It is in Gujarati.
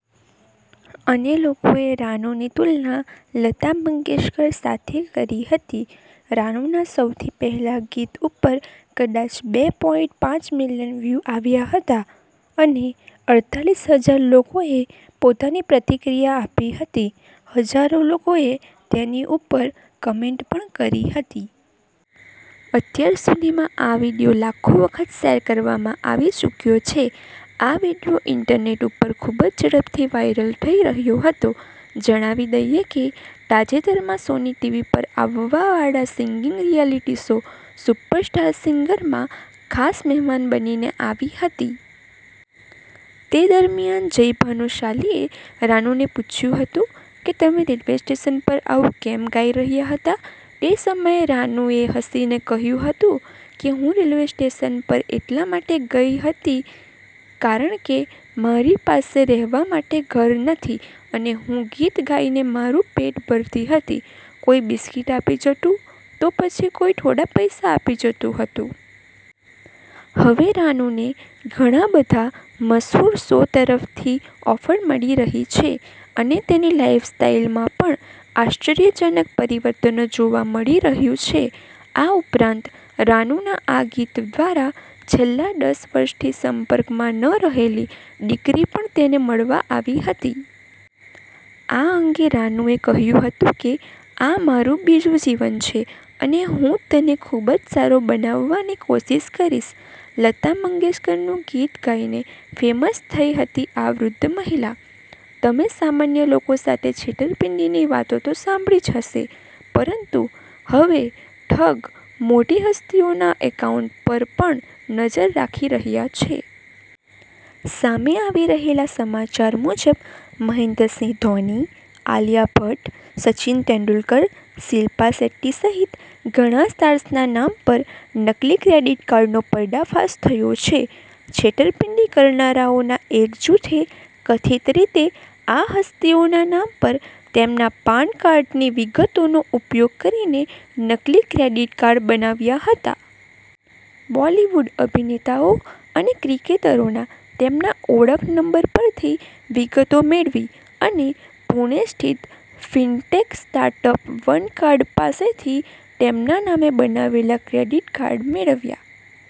અને લોકોએ રાનુંની તુલના લતા મંગેશકર સાથે કરી હતી. રાનુના સૌથી પહેલા ગીત ઉપર કદાચ બે પોઈંટ પાંચ મિલિયન વ્યુ આવ્યા હતા અને અડતાલીસ હજાર લોકોએ પોતાની પ્રતિક્રિયા આપી હતી. હજારો લોકોએ તેની ઉપર કમેન્ટ પણ કરી હતી. અત્યાર સુધીમાં આ વીડિયો લાખો વખત શેર કરવામાં આવી ચૂક્યો છે. આ વીડિયો ઇન્ટરનેટ ઉપર ખૂબ જ ઝડપથી વાયરલ થઈ રહ્યો હતો. જણાવી દઈએ કે, તાજેતરમાં સોની ટીવી પર આવવા વાળા સિંગિંગ રિયાલિટી શો 'સુપરસ્ટાર સિંગર'માં ખાસ મહેમાન બનીને આવી હતી. તે દરમ્યાન જય ભાનુશાલીએ રાનુંને પૂછ્યું હતું કે, તમે રેલ્વે સ્ટેશન પર આવું કેમ ગાઇ રહ્યા હતા. તે સમયે રાનું એ હસીને કહ્યું હતું કે, હું રેલવે સ્ટેશન પર એટલા માટે ગઈ હતી કારણ કે મારી પાસે રહેવા માટે ઘર નથી અને હું ગીત ગાય ને મારું પેટ ભરતી હતી કોઈ બિસ્કીટ આપી જતું તો પછી કોઈ થોડા પૈસા આપી જતું હતું. હવે રાનુંને ઘણા બધા મશહૂર શો તરફથી ઓફર મળી રહી છે અને તેની સ્ટાઈલમાં પણ આશ્ચર્યજનક પરિવર્તન જોવા મળી રહયું છે. આ ઉપરાંત રાનુંના આ ગીત દ્વારા છેલ્લા દસ વર્ષથી સંપર્કમાં ન રહેલી દીકરી પણ તેને મળવા આવી હતી. આ અંગે રાનું એ કહ્યુ કે, આ મારુ બીજું જીવન છે અને હું તને ખુબજ સારો બનાવવાની કોશિશ કરીશ. લતા મંગેશકરનું ગીત ગાયને ફેમસ થઈ હતી આ વૃદ્ધ મહિલા. તમે સામાન્ય લોકો સાથે છેતરપિંડીની વાતો તો સાંભળી જ હશે, પરંતુ હવે ઠગ મોટી હસ્તીઓના એકાઉન્ટ પર પણ નજર રાખી રહ્યા છે. સામે આવી રહેલા સમાચાર મુજબ મહેન્દ્ર સિંહ ધોની, આલિયા ભટ્ટ, સચિન તેંડુલકર, શિપ્લા શેટ્ટી સહિત ઘણા સ્ટાર્સના નામ પર નકલી ક્રેડિટ કાર્ડનો પર્દાફાશ થયો છે. છેતરપિંડી કરનારાઓના એક જૂથે કથિત રીતે આ હસ્તીઓના નામ પર તેમના પાન કાર્ડની વિગતોનો ઉપયોગ કરીને નકલી ક્રેડિટ કાર્ડ બનાવ્યા હતા. બોલિવૂડ અભિનેતાઓ અને ક્રિકેટરોના તેમના ઓળખ નંબર પરથી વિગતો મેળવી અને પૂણે સ્થિત ફિનટેક સ્ટાર્ટઅપ 'વન કાર્ડ' પાસેથી તેમના નામે બનાવેલા ક્રેડિટ કાર્ડ મેળવ્યા.